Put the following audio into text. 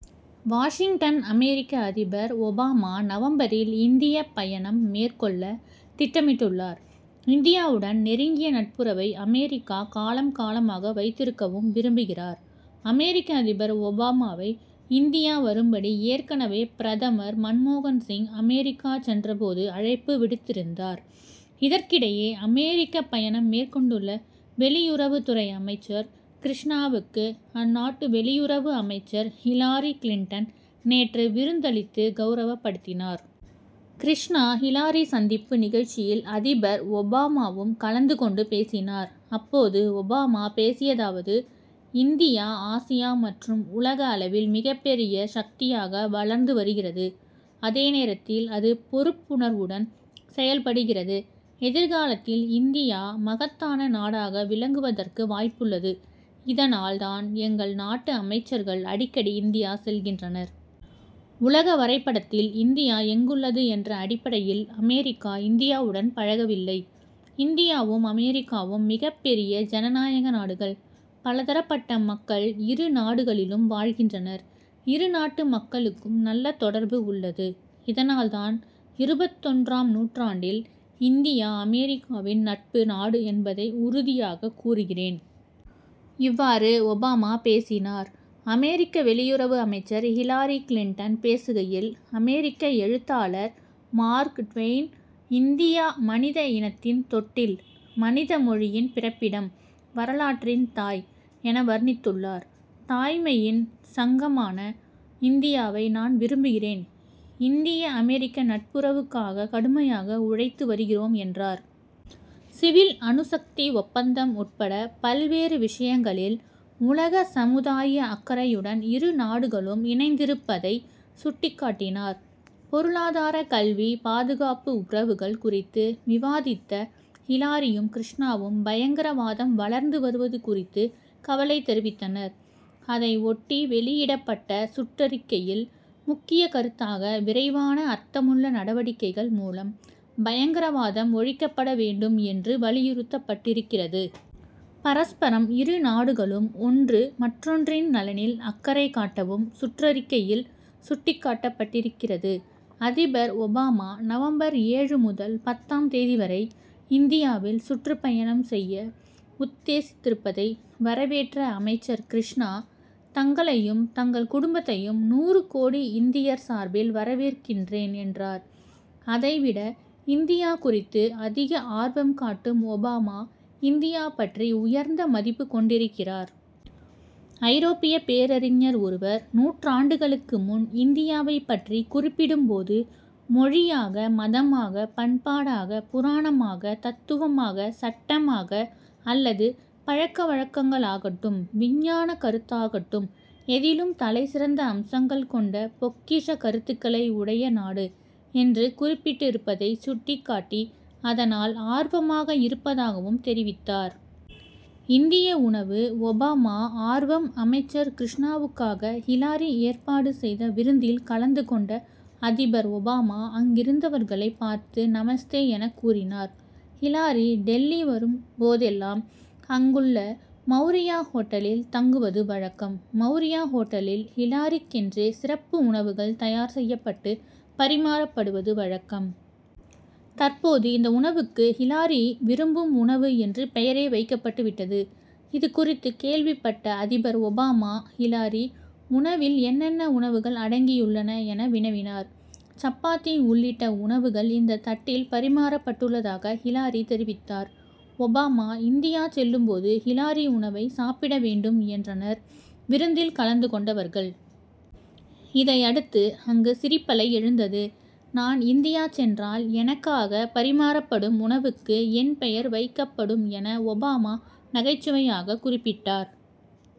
Washington அமெரிக்க அதிபர் Obama நவம்பரில் இந்திய பயணம் மேற்கொள்ள திட்டமிட்டுள்ளார். இந்தியாவுடன் நெருங்கிய நட்புறவை அமெரிக்கா காலம் காலமாக வைத்திருக்கவும் விரும்புகிறார். அமெரிக்க அதிபர் ஒபாமாவை இந்தியா வரும்படி ஏற்கனவே பிரதமர் மன்மோகன் சிங் அமெரிக்கா சென்ற போது அழைப்பு விடுத்திருந்தார். இதற்கிடையே அமெரிக்க பயணம் மேற்கொண்டுள்ள வெளியுறவுத்துறை அமைச்சர் கிருஷ்ணாவுக்கு அந்நாட்டு வெளியுறவு அமைச்சர் ஹிலாரி கிளின்டன் நேற்று விருந்தளித்து கவுரவப்படுத்தினார். கிருஷ்ணா ஹிலாரி சந்திப்பு நிகழ்ச்சியில் அதிபர் ஒபாமாவும் கலந்து கொண்டு பேசினார். அப்போது ஒபாமா பேசியதாவது இந்தியா ஆசியா மற்றும் உலக அளவில் மிகப்பெரிய சக்தியாக வளர்ந்து வருகிறது. அதே நேரத்தில் அது பொறுப்புணர்வுடன் செயல்படுகிறது. எதிர்காலத்தில் இந்தியா மகத்தான நாடாக விளங்குவதற்கு வாய்ப்புள்ளது. இதனால் தான் எங்கள் நாட்டு அமைச்சர்கள் அடிக்கடி இந்தியா செல்கின்றனர். உலக வரைபடத்தில் இந்தியா எங்குள்ளது என்ற அடிப்படையில் அமெரிக்கா இந்தியாவுடன் பழகவில்லை. இந்தியாவும் அமெரிக்காவும் மிகப்பெரிய ஜனநாயக நாடுகள். பலதரப்பட்ட மக்கள் இருநாடுகளிலும் வாழ்கின்றனர். இருநாட்டு மக்களுக்கும் நல்ல தொடர்பு உள்ளது. இதனால் தான் இருபத்தொன்றாம் நூற்றாண்டில் இந்தியா அமெரிக்காவின் நட்பு நாடு என்பதை உறுதியாக கூறுகிறேன். இவ்வாறு ஒபாமா பேசினார். அமெரிக்க வெளியுறவு அமைச்சர் ஹிலாரி கிளின்டன் பேசுகையில் அமெரிக்க எழுத்தாளர் மார்க் ட்வெயின் இந்தியா மனித இனத்தின் தொட்டில் மனித மொழியின் பிறப்பிடம் வரலாற்றின் தாய் என வர்ணித்துள்ளார். தாய்மையின் சங்கமான இந்தியாவை நான் விரும்புகிறேன். இந்திய அமெரிக்க நட்புறவுக்காக கடுமையாக உழைத்து வருகிறோம் என்றார். சிவில் அணுசக்தி ஒப்பந்தம் உட்பட பல்வேறு விஷயங்களில் உலக சமுதாய அக்கறையுடன் இருநாடுகளும் இணைந்திருப்பதைச் சுட்டிக்காட்டினார். பொருளாதார கல்வி பாதுகாப்பு உறவுகள் குறித்து விவாதித்த ஹிலாரியும் கிருஷ்ணாவும் பயங்கரவாதம் வளர்ந்து வருவது குறித்து கவலைத் தெரிவித்தனர். அதை ஒட்டி வெளியிடப்பட்ட கூட்டறிக்கையில் முக்கிய கருத்தாக விரைவான அர்த்தமுள்ள நடவடிக்கைகள் மூலம் பயங்கரவாதம் ஒழிக்கப்பட வேண்டும் என்று வலியுறுத்தப்பட்டிருக்கிறது. பரஸ்பரம் இருநாடுகளும் ஒன்று மற்றொன்றின் நலனில் அக்கறை காட்டவும் சுட்டறிக்கையில் சுட்டிக்காட்டப்பட்டிருக்கிறது. அதிபர் ஒபாமா நவம்பர் ஏழு முதல் பத்தாம் தேதி வரை இந்தியாவில் சுற்றுப்பயணம் செய்ய உத்தேசித்திருப்பதை வரவேற்ற அமைச்சர் கிருஷ்ணா தங்களையும் தங்கள் குடும்பத்தையும் நூறுகோடி இந்தியர் சார்பில் வரவேற்கின்றேன் என்றார். அதைவிட இந்தியா குறித்து அதிக ஆர்வம் காட்டும் ஒபாமா இந்தியா பற்றி உயர்ந்த மதிப்பு கொண்டிருக்கிறார். ஐரோப்பிய பேரறிஞர் ஒருவர் நூற்றாண்டுகளுக்கு முன் இந்தியாவைப் பற்றி குறிப்பிடும் போது மொழியாக மதமாக பண்பாடாக புராணமாக தத்துவமாக சட்டமாக அல்லது பழக்கவழக்கங்களாகட்டும் விஞ்ஞான கருத்தாகட்டும் எதிலும் தலைசிறந்த அம்சங்கள் கொண்ட பொக்கிஷக் கருத்துக்களை உடைய நாடு என்று குறிப்பிட்டிருப்பதை சுட்டிக்காட்டி அதனால் ஆர்வமாக இருப்பதாகவும் தெரிவித்தார். இந்திய உணவு ஒபாமா ஆர்வம் அமைச்சர் கிருஷ்ணாவுக்காக ஹிலாரி ஏற்பாடு செய்த விருந்தில் கலந்து கொண்ட அதிபர் ஒபாமா அங்கிருந்தவர்களை பார்த்து நமஸ்தே என கூறினார். ஹிலாரி டில்லி வரும்போதெல்லாம் அங்குள்ள மவுரியா ஓட்டலில் தங்குவது வழக்கம். மவுரியா ஓட்டலில் ஹிலாரிக்கென்றே சிறப்பு உணவுகள் தயார் செய்யப்பட்டு பரிமாறப்படுவது வழக்கம். தற்போது இந்த உணவுக்கு ஹிலாரி விரும்பும் உணவு என்று பெயரே வைக்கப்பட்டு விட்டது. இது குறித்து கேள்விப்பட்ட அதிபர் ஒபாமா ஹிலாரி உணவில் என்னென்ன உணவுகள் அடங்கியுள்ளன என வினவினார். சப்பாத்தி உள்ளிட்ட உணவுகள் இந்த தட்டில் பரிமாறப்பட்டுள்ளதாக ஹிலாரி தெரிவித்தார். ஒபாமா இந்தியா செல்லும் போது ஹிலாரி உணவை சாப்பிட வேண்டும் என்றனர் விருந்தில் கலந்து கொண்டவர்கள். இதையடுத்து அங்கு சிரிப்பலை எழுந்தது. நான் இந்தியா சென்றால் எனக்காக பரிமாறப்படும் உணவுக்கு என் பெயர் வைக்கப்படும் என ஒபாமா நகைச்சுவையாக குறிப்பிட்டார்.